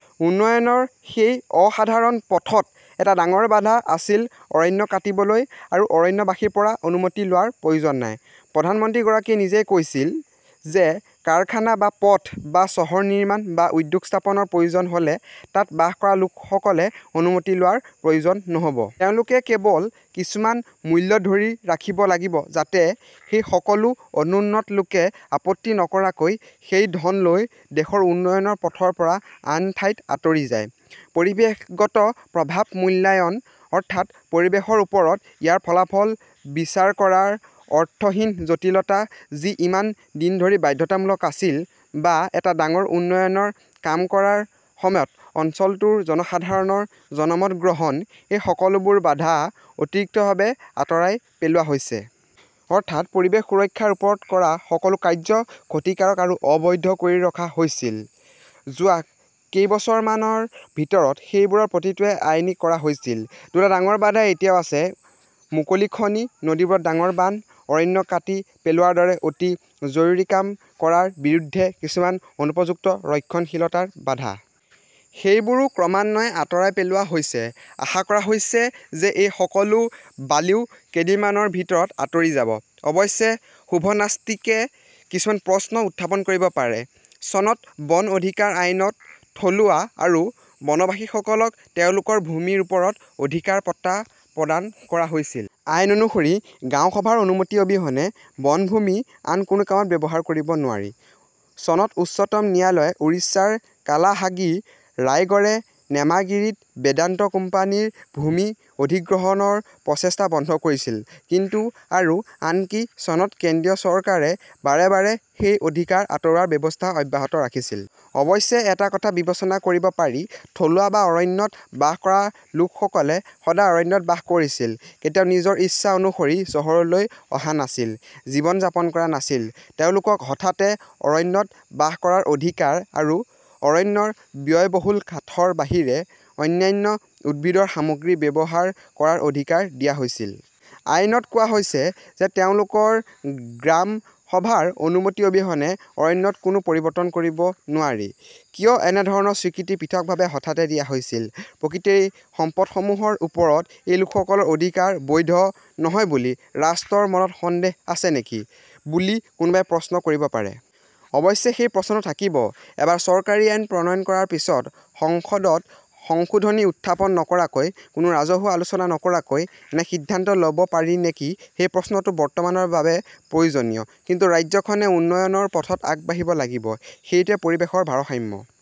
উন্নয়নৰ সেই অ-সাধাৰণ পথত এটা ডাঙৰ বাধা আছিল-অৰণ্য কাটিবলৈ আৰু অৰণ্যবাসীৰ পৰা অনুমতি লোৱাৰ প্ৰয়োজন নাই। প্ৰধানমন্ত্ৰীগৰাকীয়ে নিজেই কৈছিল যে কাৰখানা বা পথ, বা চহৰ নিৰ্মাণ, বা উদ্যোগ স্থাপনৰ প্ৰয়োজন হ 'লে তাত বাস কৰা লোকসকলে অনুমতি লোৱাৰ প্ৰয়োজন নহ' ব। তেওঁলোকে কেৱল কিছুমান মূল্য ধৰি ৰাখিব লাগিব-যাতে সেই সকলো 'অনুন্নত "লোকে আপত্তি নকৰাকৈ সেই ধন লৈ দেশৰ উন্নয়নৰ পথৰ পৰা আন ঠাইত আঁতৰি যায়। পৰিৱেশগত প্ৰভাৱ মূল্যায়ন, অৰ্থাৎ 'পৰিৱেশৰ ওপৰত ইয়াৰ ফলাফল বিচাৰ কৰা' ৰ অৰ্থহীন জটিলতা যি ইমান দিন ধৰি বাধ্যতামূলক আছিল, বা এটা ডাঙৰ উন্নয়নৰ কাম কৰাৰ সময়ত অঞ্চলটোৰ জনসাধাৰণৰ 'জনমত গ্ৰহণ'-এই সকলোবোৰ বাধা অতিৰিক্তভাৱে আঁতৰাই পেলোৱা হৈছে। অৰ্থাৎ, 'পৰিৱেশ সুৰক্ষা "ৰ ওপৰত কৰা সকলো কাৰ্য্য ক্ষতিকাৰক আৰু অবৈধ কৰি ৰখা হৈছিল, যোৱা কেইবছৰমানৰ ভিতৰত সেইবোৰৰ প্ৰতিটোৱেই আইনী কৰা হৈছিল। দুটা ডাঙৰ বাধা এতিয়াও আছে-মুকলি খনি, নদীবোৰত ডাঙৰ বান্ধ, অৰণ্য কাটি পেলোৱাৰ দৰে অতি জৰুৰী কাম কৰাৰ বিৰুদ্ধে কিছুমান অনুপযুক্ত ৰক্ষণশীলতাৰ বাধা। সেইবোৰো ক্ৰমান্বয়ে আঁতৰাই পেলোৱা হৈছে-আশা কৰা হৈছে যে এই সকলো বালিও কেইদিনমানৰ ভিতৰত আঁতৰি যাব। অৱশ্যে 'শুভনাষ্টিক "-এ কিছুমান প্ৰশ্ন উত্থাপন কৰিব পাৰে। চনত বন অধিকাৰ আইনত থলুৱা আৰু বনবাসীসকলক তেওঁলোকৰ ভূমিৰ ওপৰত অধিকাৰ পট্টা প্ৰদান কৰা হৈছিল। আইন অনুসৰি গাঁও সভাৰ অনুমতি অবিহনে বনভূমি আন কোনো কামত ব্যৱহাৰ কৰিব নোৱাৰি। চনত উচ্চতম ন্যায়ালয়ে উৰিষ্যাৰ কালাহাণ্ডি ৰায়গড় নেমাগিৰীত বেদান্ত কোম্পানীৰ ভূমি অধিগ্ৰহণৰ প্ৰচেষ্টা বন্ধ কৰিছিল। কিন্তু, আৰু আনকি চনত কেন্দ্ৰীয় চৰকাৰে বাৰে বাৰে সেই অধিকাৰ আঁতৰোৱাৰ ব্যৱস্থা অব্যাহত ৰাখিছিল। অৱশ্যে এটা কথা বিবেচনা কৰিব পাৰি-থলুৱা বা অৰণ্যত বাস কৰা লোকসকলে সদায় অৰণ্যত বাস কৰিছিল, কেতিয়াও নিজৰ ইচ্ছা অনুসৰি চহৰলৈ অহা নাছিল, জীৱন যাপন কৰা নাছিল, তেওঁলোকক হঠাতে 'অৰণ্যত বাস কৰাৰ অধিকাৰ, আৰু অৰণ্যৰ ব্যয়বহুল কাঠৰ বাহিৰে অন্যান্য উদ্ভিদৰ সামগ্ৰী ব্যৱহাৰ কৰাৰ অধিকাৰ' দিয়া হৈছিল। আইনত কোৱা হৈছে যে তেওঁলোকৰ 'গ্ৰাম সভাৰ অনুমতি অবিহনে অৰণ্যত কোনো পৰিৱৰ্তন কৰিব নোৱাৰি "। কিয় এনে ধৰণৰ স্বীকৃতি পৃথকভাৱে হঠাতে দিয়া হৈছিল? প্ৰকৃতিৰ এই সম্পদসমূহৰ ওপৰত এই লোকসকলৰ অধিকাৰ 'বৈধ "নহয় বুলি ৰাষ্ট্ৰৰ মনত সন্দেহ আছে নেকি বুলি কোনোবাই প্ৰশ্ন কৰিব পাৰে? অৱশ্যে, সেই প্ৰশ্নটো থাকিব। এবাৰ চৰকাৰী আইন প্ৰণয়ন কৰাৰ পিছত, সংসদত সংশোধনী উত্থাপন নকৰাকৈ, কোনো ৰাজহুৱা আলোচনা নকৰাকৈ এনে সিদ্ধান্ত ল "ব পাৰি নেকি সেই প্ৰশ্নটো বৰ্তমানৰ বাবে প্ৰয়োজনীয়। কিন্তু ৰাজ্যখনে উন্নয়নৰ পথত আগবাঢ়িব লাগিব। এইটোৱে পৰিৱেশৰ ভাৰসাম্য